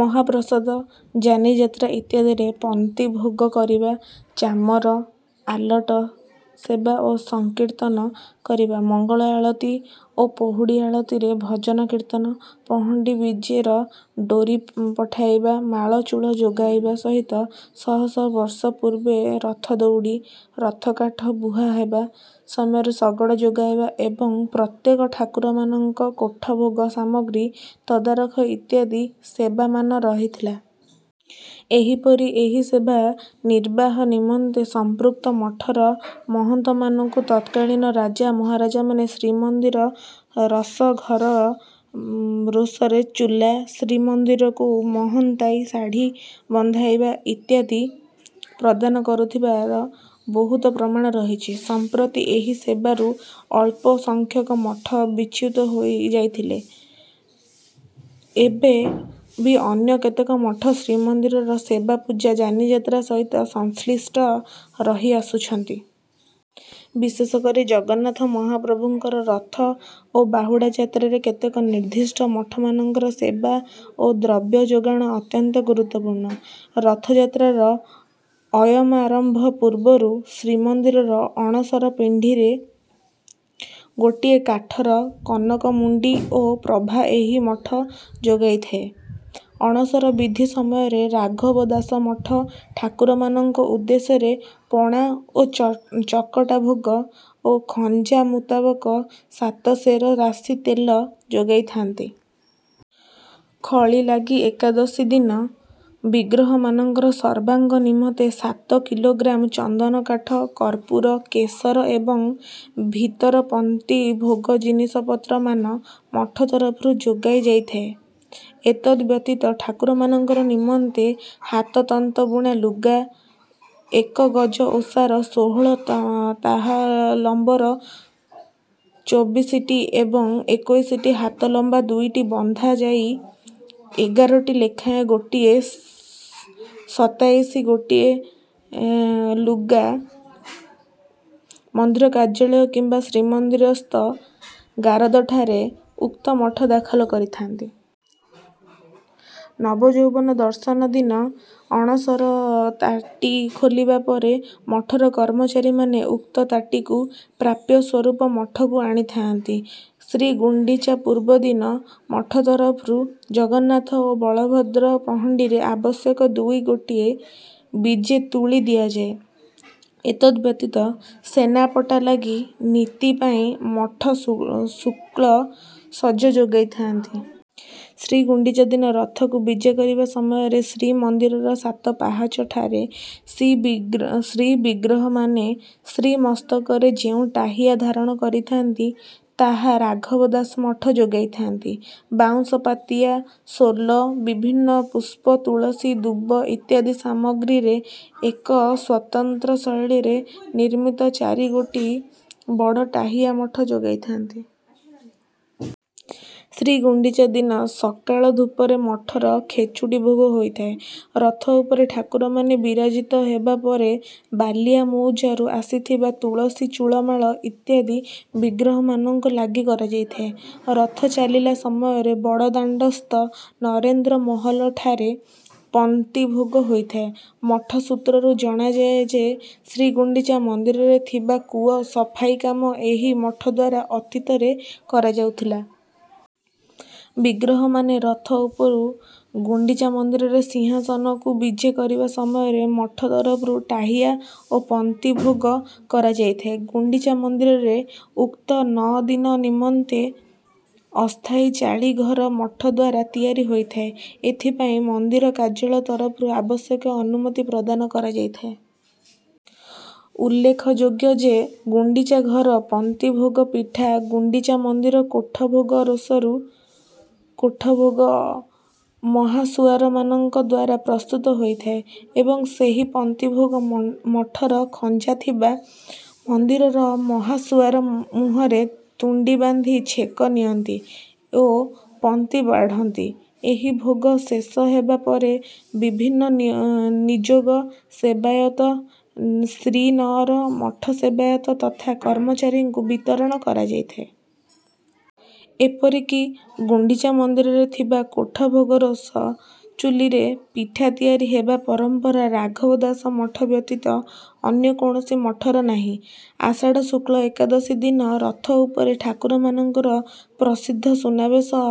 ମହାପ୍ରସାଦ, ଯାନିଯାତ୍ରା ଇତ୍ୟାଦିରେ ପନ୍ତି ଭୋଗ କରିବା, ଚାମର, ଆଲଟ ସେବା ଓ ସଂକୀର୍ତ୍ତନ କରିବା, ମଙ୍ଗଳ ଆଳତି ଓ ପହୁଡ଼ ଆଳତିରେ ଭଜନ କୀର୍ତ୍ତନ, ପହଣ୍ଡି ବିଜେର ଡୋରୀ ପଠାଇବା, ମାଳଚୂଳ ଯୋଗାଇବା ସହିତ ଶହ ଶହ ବର୍ଷ ପୂର୍ବେ ରଥ ଦଉଡ଼ି, ରଥକାଠ ବୁହା ହେବା ସମୟରେ ଶଗଡ଼ ଯୋଗାଇବା ଏବଂ ପ୍ରତ୍ୟେକ ଠାକୁରମାନଙ୍କ କୋଠ ଭୋଗ ସାମଗ୍ରୀ ତଦାରଖ ଇତ୍ୟାଦି ସେବାମାନ ରହିଥିଲା। ଏହିପରି ଏହି ସେବା ନିର୍ବାହ ନିମନ୍ତେ ସମ୍ପୃକ୍ତ ମଠର ମହନ୍ତମାନଙ୍କୁ ତତ୍କାଳୀନ ରାଜା ମହାରାଜାମାନେ ଶ୍ରୀମନ୍ଦିର ସରଘର, ରୋଷରେ ଚୁଲା, ଶ୍ରୀମନ୍ଦିରକୁ ମହନ୍ତାଇ ଶାଢ଼ୀ ବନ୍ଧାଇବା ଇତ୍ୟାଦି ପ୍ରଦାନ କରିଥିବାର ବହୁତ ପ୍ରମାଣ ରହିଛି। ସମ୍ପ୍ରତି ଏହି ସେବାରୁ ଅଳ୍ପ ସଂଖ୍ୟକ ମଠ ବିଚ୍ୟୁତ ହୋଇ ଯାଇଥିଲେ ହେଁ, ଏବେ ବି ଅନ୍ୟ କେତେକ ମଠ ଶ୍ରୀମନ୍ଦିରର ସେବାପୂଜା, ଯାନିଯାତ୍ରା ସହିତ ସଂଶ୍ଳିଷ୍ଟ ରହି ଆସୁଅଛନ୍ତି। ବିଶେଷକରି ଜଗନ୍ନାଥ ମହାପ୍ରଭୁଙ୍କର ରଥ ଓ ବାହୁଡ଼ା ଯାତ୍ରାରେ କେତେକ ନିର୍ଦ୍ଦିଷ୍ଟ ମଠମାନଙ୍କର ସେବା ଓ ଦ୍ରବ୍ୟ ଯୋଗାଣ ଅତ୍ୟନ୍ତ ଗୁରୁତ୍ୱପୂର୍ଣ୍ଣ। ରଥଯାତ୍ରାର ଅୟମାରମ୍ଭ ପୂର୍ବରୁ ଶ୍ରୀମନ୍ଦିରର ଅଣସର ପିଣ୍ଡିରେ ଗୋଟିଏ କାଠର କନକମୁଣ୍ଡି ଓ ପ୍ରଭା ଏହି ମଠ ଯୋଗାଇଥାଏ। ଅଣସର ବିଧି ସମୟରେ ରାଘବ ଦାସ ମଠ ଠାକୁରମାନଙ୍କ ଉଦ୍ଦେଶ୍ୟରେ ପଣା ଓ ଚକଟା ଭୋଗ, ଓ ଖଞ୍ଜା ମୁତାବକ ସାତ ସେର ରାଶି ତେଲ ଯୋଗାଇଥାନ୍ତି। ଖଳିଲାଗି ଏକାଦଶୀ ଦିନ ବିଗ୍ରହମାନଙ୍କ ସର୍ବାଙ୍ଗ ନିମନ୍ତେ ସାତ କିଲୋଗ୍ରାମ ଚନ୍ଦନକାଠ, କର୍ପୂର, କେଶର ଏବଂ ଭିତର ପନ୍ତି ଭୋଗ ଜିନିଷପତ୍ର ମାନ ମଠ ତରଫରୁ ଯୋଗାଯାଇଥାଏ। ଏତଦ୍ ବ୍ୟତୀତ ଠାକୁରମାନଙ୍କ ନିମନ୍ତେ ହାତତନ୍ତ ବୁଣା ଲୁଗା ଏକ ଗଜ ଓସାର, ଷୋହଳ ହାତ ଲମ୍ବର ଚୋବିଶିଟି ଏବଂ ଏକୋଇଶି ହାତ ଲମ୍ବ ଦୁଇଟି ବନ୍ଧା ଯାଇ ଏକଗୋଟି ଲେଖାଏଁ ମୋଟ ସତାଇଶି ଗୋଟି ଗଡ଼ା ଲୁଗା ମନ୍ଦିର କାର୍ଯ୍ୟାଳୟ କିମ୍ବା ଶ୍ରୀମନ୍ଦିରସ୍ଥ ଗାରଦଠାରେ ଉକ୍ତ ମଠ ଦାଖଲ କରିଥାନ୍ତି। ନବଯୌବନ ଦର୍ଶନ ଦିନ ଅଣସର ତାଟି ଖୋଲିବା ପରେ ମଠର କର୍ମଚାରୀମାନେ ଉକ୍ତ ତାଟିକୁ ପ୍ରାପ୍ୟ ସ୍ୱରୂପ ମଠକୁ ଆଣିଥାନ୍ତି। ଶ୍ରୀଗୁଣ୍ଡିଚା ପୂର୍ବ ଦିନ ମଠ ତରଫରୁ ଜଗନ୍ନାଥ ଓ ବଳଭଦ୍ରଙ୍କ ପହଣ୍ଡିରେ ଆବଶ୍ୟକ ଦୁଇ ଗୋଟି ବିଜେ ତୁଳୀ ଦିଆଯାଏ। ଏତଦ୍ ବ୍ୟତୀତ ସେନାପଟା ଲାଗି ନୀତି ପାଇଁ ମଠ ଶୁକ୍ଳ ସଜ ଯୋଗାଇଥାନ୍ତି। ଶ୍ରୀଗୁଣ୍ଡିଚା ଦିନ ରଥକୁ ବିଜେ କରିବା ସମୟରେ ଶ୍ରୀମନ୍ଦିରର ସାତ ପାହାଚଠାରେ ଶ୍ରୀବିଗ୍ରହମାନେ ଶ୍ରୀମସ୍ତକରେ ଯେଉଁ ଟାହିୟା ଧାରଣ କରିଥାନ୍ତି, ତାହା ରାଘବ ଦାସ ମଠ ଯୋଗାଇଥାନ୍ତି। ବାଉଁଶ ପାତିଆ, ସୋଲ, ବିଭିନ୍ନ ପୁଷ୍ପ, ତୁଳସୀ, ଦୁବ ଇତ୍ୟାଦି ସାମଗ୍ରୀରେ ଏକ ସ୍ୱତନ୍ତ୍ର ଶୈଳୀରେ ନିର୍ମିତ ଚାରି ଗୋଟି ବଡ଼ ଟାହିୟା ମଠ ଯୋଗାଇଥାନ୍ତି। ଶ୍ରୀଗୁଣ୍ଡିଚା ଦିନ ସକାଳ ଧୂପରେ ମଠର ଖେଚୁଡ଼ି ଭୋଗ ହୋଇଥାଏ। ରଥ ଉପରେ ଠାକୁରମାନେ ବିରାଜିତ ହେବା ପରେ ବାଲିଆ ମୌଜାରୁ ଆସିଥିବା ତୁଳସୀ ଚୂଳମାଳ ଇତ୍ୟାଦି ବିଗ୍ରହମାନଙ୍କୁ ଲାଗି କରାଯାଇଥାଏ। ରଥ ଚାଲିବା ସମୟରେ ବଡ଼ଦାଣ୍ଡସ୍ଥ ନରେନ୍ଦ୍ର ମହଲାଠାରେ ପନ୍ତିଭୋଗ ହୋଇଥାଏ। ମଠ ସୂତ୍ରରୁ ଜଣାଯାଏ ଯେ, ଶ୍ରୀଗୁଣ୍ଡିଚା ମନ୍ଦିରରେ ଥିବା କୂଅ ସଫାଇ କାମ ଏହି ମଠ ଦ୍ୱାରା ଅତୀତରେ କରାଯାଉଥିଲା। ବିଗ୍ରହମାନେ ରଥ ଉପରୁ ଗୁଣ୍ଡିଚା ମନ୍ଦିରର ସିଂହାସନକୁ ବିଜେ କରିବା ସମୟରେ ମଠ ତରଫରୁ ଟାହିୟା ଓ ପନ୍ତି ଭୋଗ କରାଯାଇଥାଏ। ଗୁଣ୍ଡିଚା ମନ୍ଦିରର ଉକ୍ତ ନଅ ଦିନ ନିମନ୍ତେ ଅସ୍ଥାୟୀ ଚାଳି ଘର ମଠ ଦ୍ୱାରା ତିଆରି ହୋଇଥାଏ। ଏଥିପାଇଁ ମନ୍ଦିର କାର୍ଯ୍ୟାଳୟ ତରଫରୁ ଆବଶ୍ୟକୀୟ ଅନୁମତି ପ୍ରଦାନ କରାଯାଇଥାଏ। ଉଲ୍ଲେଖଯୋଗ୍ୟ ଯେ, ଗୁଣ୍ଡିଚା ଘର ପନ୍ତି ଭୋଗ ପିଠା ଗୁଣ୍ଡିଚା ମନ୍ଦିର କୋଠ ଭୋଗ ରୋଷରେ କୋଠଭୋଗ ମହାସୁଆରମାନଙ୍କ ଦ୍ୱାରା ପ୍ରସ୍ତୁତ ହୋଇଥାଏ ଏବଂ ସେହି ପନ୍ତିଭୋଗ ମଠର ଖଞ୍ଜାଥିବା ମନ୍ଦିରର ମହାସୁଆର ମୁହଁରେ ତୁଣ୍ଡି ବାନ୍ଧି ଛେକ ନିଅନ୍ତି ଓ ପନ୍ତି ବାଢ଼ନ୍ତି। ଏହି ଭୋଗ ଶେଷ ହେବା ପରେ ବିଭିନ୍ନ ନିଯୋଗ, ସେବାୟତ, ଶ୍ରୀନଅର, ମଠ ସେବାୟତ ତଥା କର୍ମଚାରୀଙ୍କୁ ବିତରଣ କରାଯାଇଥାଏ। ଏପରିକି ଗୁଣ୍ଡିଚା ମନ୍ଦିରରେ ଥିବା କୋଠ ଭୋଗ ରୋଷ ଚୁଲିରେ ପିଠା ତିଆରି ହେବା ପରମ୍ପରା ରାଘବ ଦାସ ମଠ ବ୍ୟତୀତ ଅନ୍ୟ କୌଣସି ମଠର ନାହିଁ। ଆଷାଢ଼ ଶୁକ୍ଳ ଏକାଦଶୀ ଦିନ ରଥ ଉପରେ ଠାକୁରମାନଙ୍କ ପ୍ରସିଦ୍ଧ ସୁନାବେଶ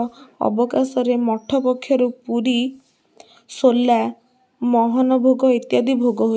ଅବକାଶରେ ମଠ ପକ୍ଷରୁ ପୁରି, ସୋଲା, ମହନ ଭୋଗ ଇତ୍ୟାଦି ଭୋଗ...